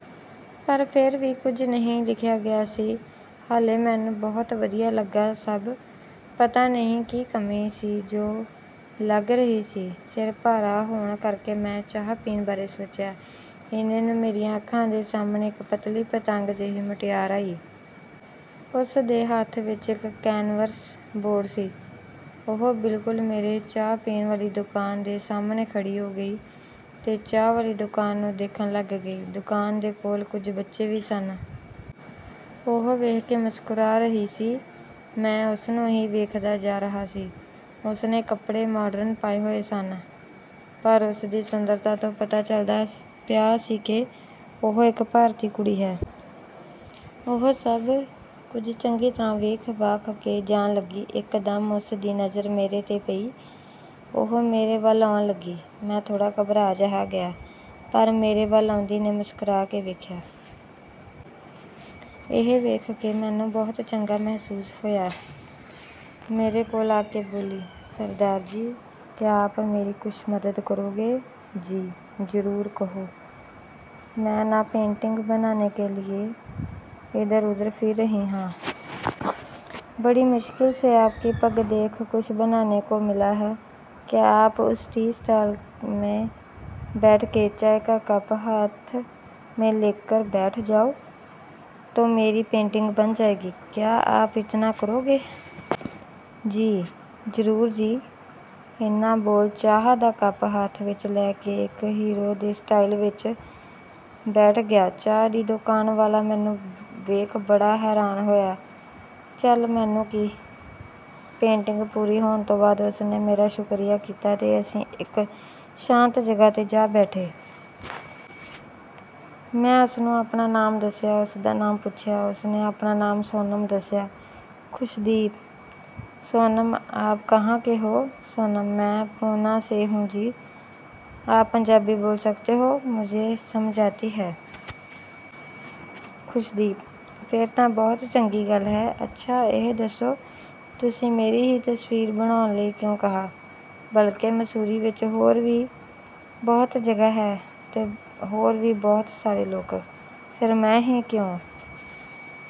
ਪਰ ਫਿਰ ਵੀ ਕੁਝ ਨਹੀਂ ਲਿਖਿਆ ਗਿਆ ਸੀ। ਹਾਲੇ ਮੈਨੂੰ ਬਹੁਤ ਵਧੀਆ ਲੱਗਾ ਸਭ, ਪਤਾ ਨਹੀਂ ਕੀ ਕਮੀ ਸੀ ਜੋ ਲੱਗ ਰਹੀ ਸੀ। ਸਿਰ ਭਾਰਾ ਹੋਣ ਕਰਕੇ ਮੈਂ ਚਾਹ ਪੀਣ ਬਾਰੇ ਸੋਚਿਆ। ਏਨੇ ਨੂੰ ਮੇਰੀਆਂ ਅੱਖਾਂ ਦੇ ਸਾਹਮਣੇ ਇੱਕ ਪਤਲੀ ਪਤੰਗ ਜਿਹੀ ਮੁਟਿਆਰ ਆਈ। ਉਸਦੇ ਹੱਥ ਵਿੱਚ ਇੱਕ ਕੈਨਵਸ ਬੋਰਡ ਸੀ। ਉਹ ਬਿਲਕੁਲ ਮੇਰੇ ਚਾਹ ਪੀਣ ਵਾਲੀ ਦੁਕਾਨ ਦੇ ਸਾਹਮਣੇ ਖੜ੍ਹੀ ਹੋ ਗਈ ਤੇ ਚਾਹ ਵਾਲੀ ਦੁਕਾਨ ਨੂੰ ਦੇਖਣ ਲੱਗ ਗਈ। ਦੁਕਾਨ ਦੇ ਕੋਲ ਕੁਝ ਬੱਚੇ ਵੀ ਸਨ। ਉਹ ਵੇਖ ਕੇ ਮੁਸਕਰਾ ਰਹੀ ਸੀ। ਮੈਂ ਉਸਨੂੰ ਹੀ ਵੇਖਦਾ ਜਾ ਰਿਹਾ ਸੀ। ਉਸਨੇ ਕੱਪੜੇ ਮਾਡਰਨ ਪਾਏ ਹੋਏ ਸਨ, ਪਰ ਉਸਦੀ ਸੁੰਦਰਤਾ ਤੋਂ ਪਤਾ ਚੱਲਦਾ ਪਿਆ ਸੀ ਕਿ ਉਹ ਇੱਕ ਭਾਰਤੀ ਕੁੜੀ ਹੈ। ਉਹ ਸਭ ਕੁਝ ਚੰਗੀ ਤਰ੍ਹਾਂ ਵੇਖ-ਵਾਖ ਕੇ ਜਾਣ ਲੱਗੀ। ਇੱਕਦਮ ਉਸਦੀ ਨਜ਼ਰ ਮੇਰੇ ਤੇ ਪਈ। ਉਹ ਮੇਰੇ ਵੱਲ ਆਉਣ ਲੱਗੀ। ਮੈਂ ਥੋੜ੍ਹਾ ਘਬਰਾ ਜਿਹਾ ਗਿਆ, ਪਰ ਮੇਰੇ ਵੱਲ ਆਉਂਦੀ ਨੇ ਮੁਸਕਰਾ ਕੇ ਵੇਖਿਆ। ਇਹ ਵੇਖ ਮੈਨੂੰ ਕੁਝ ਚੰਗਾ ਮਹਿਸੂਸ ਹੋਇਆ। ਮੇਰੇ ਕੋਲ ਆ ਕੇ ਬੋਲੀ, "ਸਰਦਾਰ ਜੀ, ਕਿਆ ਆਪ ਮੇਰੀ ਕੁਛ ਮਦਦ ਕਰੋਗੇ?" "ਜੀ, ਜ਼ਰੂਰ ਕਹੋ।" "ਮੈਂ ਨਾ ਪੇਂਟਿੰਗ ਬਣਾਨੇ ਕੇ ਲਈਏ ਇਧਰ-ਉਧਰ ਫਿਰ ਰਹੀ ਹਾਂ। ਬੜੀ ਮੁਸ਼ਕਿਲ ਸੇ ਆਪਕੀ ਪੱਗ ਦੇਖ ਕੁਛ ਬਨਾਨੇ ਕੋ ਮਿਲਾ ਹੈ। ਕਿਆ ਆਪ ਉਸ ਟੀ ਸਟਾਲ ਮੈਂ ਬੈਠ ਕੇ ਚਾਏ ਕਾ ਕੱਪ ਹੱਥ ਮੈਂ ਲੇਕਰ ਬੈਠ ਜਾਓ, ਤੋ ਮੇਰੀ ਪੇਂਟਿੰਗ ਬਣ ਜਾਏਗੀ? ਕਿਆ ਆਪ ਇਤਨਾ ਕਰੋਗੇ?" "ਜੀ, ਜ਼ਰੂਰ ਜੀ।" ਏਨਾ ਬੋਲ ਚਾਹ ਦਾ ਕੱਪ ਹੱਥ ਵਿੱਚ ਲੈ ਕੇ ਇੱਕ ਹੀਰੋ ਦੇ ਸਟਾਈਲ ਵਿੱਚ ਬੈਠ ਗਿਆ। ਚਾਹ ਦੀ ਦੁਕਾਨ ਵਾਲਾ ਮੈਨੂੰ ਵੇਖ ਬੜਾ ਹੈਰਾਨ ਹੋਇਆ। ਚੱਲ, ਮੈਨੂੰ ਕੀ? ਪੇਂਟਿੰਗ ਪੂਰੀ ਹੋਣ ਤੋਂ ਬਾਅਦ ਉਸਨੇ ਮੇਰਾ ਸ਼ੁਕਰੀਆ ਕੀਤਾ ਤੇ ਅਸੀਂ ਇੱਕ ਸ਼ਾਂਤ ਜਗ੍ਹਾ ਤੇ ਜਾ ਬੈਠੇ। ਮੈਂ ਉਸਨੂੰ ਆਪਣਾ ਨਾਮ ਦੱਸਿਆ, ਉਸਦਾ ਨਾਮ ਪੁੱਛਿਆ। ਉਸਨੇ ਆਪਣਾ ਨਾਮ ਸੋਨਮ ਦੱਸਿਆ। ਖੁਸ਼ਦੀਪ: "ਸੋਨਮ, ਆਪ ਕਹਾਂ ਕੇ ਹੋ?" ਸੋਨਮ: "ਮੈਂ ਪੂਨਾ ਸੇ ਹੁ ਜੀ। ਆਪ ਪੰਜਾਬੀ ਬੋਲ ਸਕਤੇ ਹੋ, ਮੁਝੇ ਸਮਝ ਆਤੀ ਹੈ।" ਖੁਸ਼ਦੀਪ: "ਫੇਰ ਤਾਂ ਬਹੁਤ ਚੰਗੀ ਗੱਲ ਹੈ। ਅੱਛਾ, ਇਹ ਦੱਸੋ, ਤੁਸੀਂ ਮੇਰੀ ਹੀ ਤਸਵੀਰ ਬਣਾਉਣ ਲਈ ਕਿਉਂ ਕਿਹਾ? ਬਲਕਿ ਮਸੂਰੀ ਵਿੱਚ ਹੋਰ ਵੀ ਬਹੁਤ ਜਗ੍ਹਾ ਹੈ ਤੇ ਹੋਰ ਵੀ ਬਹੁਤ ਸਾਰੇ ਲੋਕ। ਫੇਰ ਮੈਂ ਹੀ ਕਿਉਂ?"